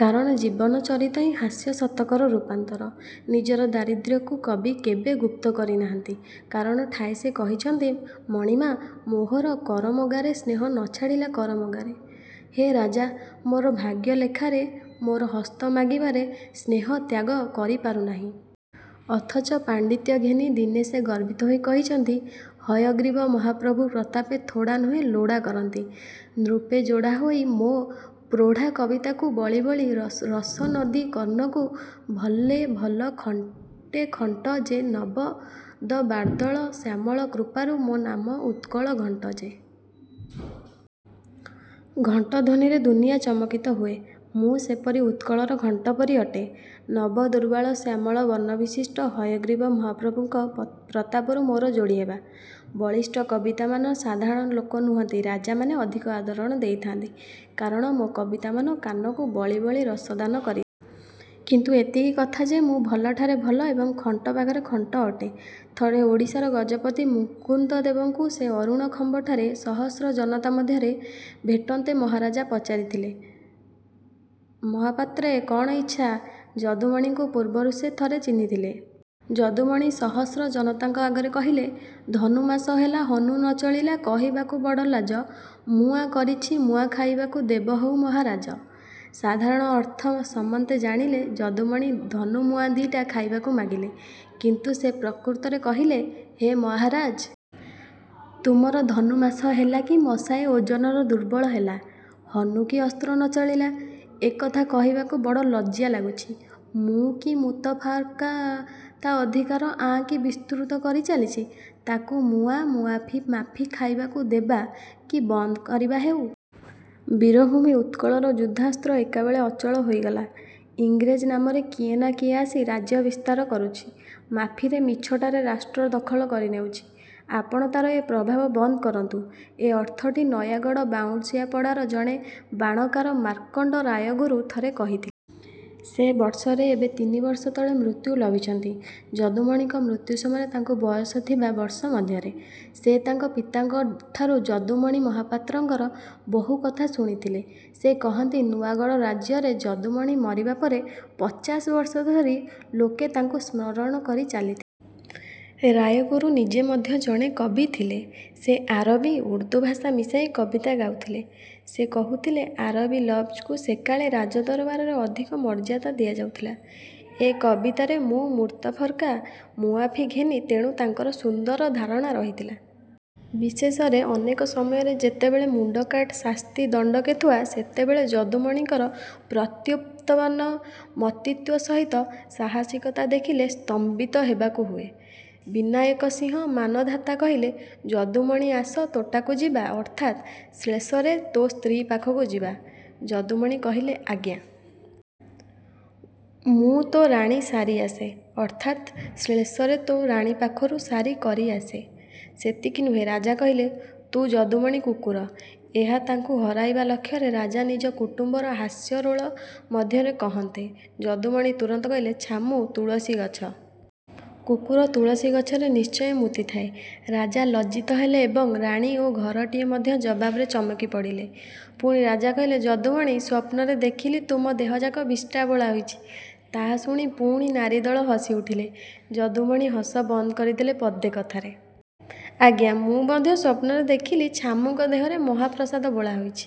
କାରଣ ଜୀବନଚରିତ ହିଁ ହାସ୍ୟଶତକର ରୂପାନ୍ତର। ନିଜର ଦାରିଦ୍ର୍ୟକୁ କବି କେବେ ଗୁପ୍ତକରି ନାହାନ୍ତି। କାରଣ ଠାଏ ସେ କହିଛନ୍ତି- ମଣିମା ମୋହର କରମଗାରେ ସ୍ନେହ ନଛାଡ଼ିଲା କର ମଗାରେ। ହେ ରାଜା! ମୋର ଭାଗ୍ୟ ଲେଖାରେ ମୋର ହସ୍ତ ମାଗିବାରେ ସ୍ନେହ ତ୍ୟାଗ କରିପାରୁ ନାହିଁ। ଅଥଚ ପାଣ୍ଡିତ୍ୟ ଘେନି ଦିନେ ସେ ଗର୍ବିତ ହୋଇ କହିଛନ୍ତି- ହୟଗ୍ରୀବ ମହାପ୍ରଭୁ ପ୍ରତାପେ ଥୋଡ଼ା ନୁହେଁ ଲୋଡ଼ା କରନ୍ତି ନୃପେ ଯୋଡ଼ା ହୋଇ ମୋ ପ୍ରୋଢ଼ା କବିତାକୁ ବଳି ବଳି ରସ ନଦୀ କର୍ଣ୍ଣକୁ ଭଲେ ଭଲ ଖଣ୍ଟେ ଖଣ୍ଟ ଯେ ନବ ଦ ର୍ବାଦଳ ଶ୍ୟାମଳ କୃପାରୁ ମୋ ନାମ ଉତ୍କଳ ଘଣ୍ଟ ଯେ। ଘଣ୍ଟ ଧ୍ୱନିରେ ଦୁନିଆ ଚମକିତ ହୁଏ। ମୁଁ ସେପରି ଉତ୍କଳର ଘଣ୍ଟ ପରି ଅଟେ। ନବଦୂର୍ବାଦଳ ଶ୍ୟାମଳ ବର୍ଣ୍ଣ ବିଶିଷ୍ଟ ହୟଗ୍ରୀବ ମହାପ୍ରଭୁଙ୍କ ପ୍ରତାପରୁ ମୋର ଯୋଡ଼ିହେବା। ବଳିଷ୍ଠ କବିତାମାନ ସାଧାରଣ ଲୋକ ନୁହନ୍ତି ରାଜାମାନେ ଅଧିକ ଆଦର ଦେଇଥାନ୍ତି। କାରଣ ମୋ କବିତାମାନ କାନକୁ ବଳି ବଳି ରସଦାନ କରିଥାଏ। କିନ୍ତୁ ଏତିକି କଥା ଯେ ମୁଁ ଭଲଠାରେ ଭଲ ଏବଂ ଖଣ୍ଟ ପାଖରେ ଖଣ୍ଟ ଅଟେ। ଥରେ ଓଡ଼ିଶାର ଗଜପତି ମୁକୁନ୍ଦଦେବଙ୍କୁ ସେ ଅରୁଣ ଖମ୍ବଠାରେ ସହସ୍ର ଜନତା ମଧ୍ୟରେ ଭେଟନ୍ତେ ମହାରାଜା ପଚାରିଥିଲେ ''ମହାପାତ୍ରେ କ'ଣ ଇଚ୍ଛା? " ଯଦୁମଣିଙ୍କୁ ପୂର୍ବରୁ ସେ ଥରେ ଚିହ୍ନିଥିଲେ। ଯଦୁମଣି ସହସ୍ର ଜନତାଙ୍କ ଆଗରେ କହିଲେ- ଧନୁମାସ ହେଲା ହନୁ ନ ଚଳିଲା କହିବାକୁ ବଡ଼ଲାଜ ମୁଁ ଆଁ କରିଅଛି ମୁଆଁ ଖାଇବାକୁ ଦେବ ହେଉ ମହାରାଜ। ସାଧାରଣ ଅର୍ଥ ସମନ୍ତେ ଜାଣିଲେ ଯଦୁମଣି ଧନୁମୁଆଁ ଦିଟା ଖାଇବାକୁ ମାଗିଲେ। କିନ୍ତୁ ସେ ପ୍ରକୃତରେ କହିଲେ- ହେ ମହାରାଜ! ତୁମର ଧନୁ ମାଷ ହେଲା କି ମଷାଏ ଓଜନର ଦୁର୍ବଳ ହେଲା। ହନୁ କି ଅସ୍ତ୍ର ନ ଚଳିଲା। ଏ କଥା କହିବାକୁ ବଡ଼ ଲଜ୍ଜା ଲାଗୁଛି। ମୂଁ−କି ମୁତଫର୍କା ତା ଅଧିକାର ଆଁ−କି ବିସ୍ତୃତ କରି ଚାଲିଛି। ତାକୁ ମୁଆ−ମୁଆଫି-ମାଫି ଖାଇବାକୁ 'ଦେବା' କି ବନ୍ଦ କରିବା ହେଉ। ବୀରଭୂମି ଉତ୍କଳର ଯୁଦ୍ଧାସ୍ତ୍ର ଏକାବେଳେ ଅଚଳ ହୋଇଗଲା। ଇଂରେଜ ନାମରେ କିଏ ନାଁ କିଏ ଆସି ରାଜ୍ୟ ବିସ୍ତାର କରୁଛି। ମାଫିରେ ମିଛଟାରେ ରାଷ୍ଟ୍ର ଦଖଲ କରି ନେଉଛି। ଆପଣ ତାର ଏ ପ୍ରଭାବ ବନ୍ଦ କରନ୍ତୁ। ଏ ଅର୍ଥଟି ନୟାଗଡ଼ ବାଉଁଶିଆପଡ଼ାର ଜଣେ ବାଣକାର ମାର୍କଣ୍ଡ ରାୟଗୁରୁ ଥରେ କହିଥିଲେ। ସେ ବର୍ଷରେ ଏବେ ତିନି ବର୍ଷ ତଳେ ମୃତ୍ୟୁ ଲଭିଛନ୍ତି। ଯଦୁମଣିଙ୍କ ମୃତ୍ୟୁ ସମୟରେ ତାଙ୍କୁ ବୟସ ଥିବା। ବର୍ଷ ମଧ୍ୟରେ। ସେ ତାଙ୍କ ପିତାଙ୍କଠାରୁ ଯଦୁମଣି ମହାପାତ୍ରଙ୍କର ବହୁକଥା ଶୁଣିଥିଲେ। ସେ କହନ୍ତି ନୂଆଗଡ଼ ରାଜ୍ୟରେ ଯଦୁମଣି ମରିବା ପରେ ପଚାଶ ବର୍ଷ ଧରି ଲୋକେ ତାଙ୍କୁ ସ୍ମରଣ କରି ଚାଲିଥିଲେ। ରାୟଗୁରୁ ନିଜେ ମଧ୍ୟ ଜଣେ କବି ଥିଲେ। ସେ ଆରବି, ଉର୍ଦ୍ଦୁ ଭାଷା ମିଶାଇ କବିତା ଗାଉଥିଲେ। ସେ କହୁଥିଲେ ଆରବି ଲବ୍ଜକୁ ସେକାଳେ ରାଜଦରବାରେ ଅଧିକ ମର୍ଯ୍ୟାଦା ଦିଆଯାଉଥିଲା। ଏ କବିତାରେ ମୁଁ ମୁତଫର୍କା, ମୁଆଫି ଘେନି ତେଣୁ ତାଙ୍କର ସୁନ୍ଦର ଧାରଣା ରହିଥିଲା। ବିଶେଷରେ ଅନେକ ସମୟରେ ଯେତେବେଳେ ମୁଣ୍ଡକାଟ ଶାସ୍ତି ଦଣ୍ଡକେ ଥୁଆ, ସେତେବେଳେ ଯଦୁମଣିଙ୍କର ପ୍ରତ୍ୟୁତ୍ପନ୍ନମତିତ୍ୱ ସହିତ ସାହସିକତା ଦେଖିଲେ ସ୍ତମ୍ଭିତ ହେବାକୁ ହୁଏ। ବିନାୟକ ସିଂହ ମାନଧାତା କହିଲେ-ଯଦୁମଣି ଆସ ତୋଟାକୁ ଯିବା ଅର୍ଥାତ୍ ଶ୍ଳେଷରେ ତୋ ସ୍ତ୍ରୀ ପାଖକୁ ଯିବା। ଯଦୁମଣି କହିଲେ ଆଜ୍ଞା! ମୁଁ ତୋ ରାଣୀ ସାରି ଆସେ। ଅର୍ଥାତ୍ ଶ୍ଳେଷରେ ତୋ ରାଣୀ ପାଖରୁ ସାରି କରି ଆସେ। ସେତିକି ନୁହେଁ ରାଜା କହିଲେ-ତୁ ଯଦୁମଣି କୁକୁର। ଏହା ତାଙ୍କୁ ହରାଇବା ଲକ୍ଷରେ ରାଜା ନିଜ କୁଟୁମ୍ବର ହାସ୍ୟରୋଳ ମଧ୍ୟରେ କହନ୍ତେ, ଯଦୁମଣି ତୁରନ୍ତ କହିଲେ-ଛାମୁଁ ତୁଳସୀଗଛ। କୁକୁର ତୁଳସୀଗଛରେ ନିଶ୍ଚୟ ମୂତିଥାଏ। ରାଜା ଲଜ୍ଜିତ ହେଲେ ଏବଂ ରାଣୀ ଓ ଘରଟିଏ ମଧ୍ୟ ଜବାବରେ ଚମକି ପଡ଼ିଲେ। ପୁଣି ରାଜା କହିଲେ ''ଯଦୁମଣି, ସ୍ୱପ୍ନରେ ଦେଖିଲି ତୁମ ଦେହଯାକ ବିଷ୍ଠା ବୋଳା ହୋଇଛି। ତାହା ଶୁଣି ପୁଣି ନାରୀଦଳ ହସିଉଠିଲେ। ଯଦୁମଣି ହସ ବନ୍ଦ କରିଦେଲେ ପଦେ କଥାରେ। ''ଆଜ୍ଞା! ମୁଁ ମଧ୍ୟ ସ୍ୱପ୍ନରେ ଦେଖିଲି ଛାମୁଁଙ୍କ ଦେହରେ ମହାପ୍ରସାଦ ବୋଳା ହୋଇଛି।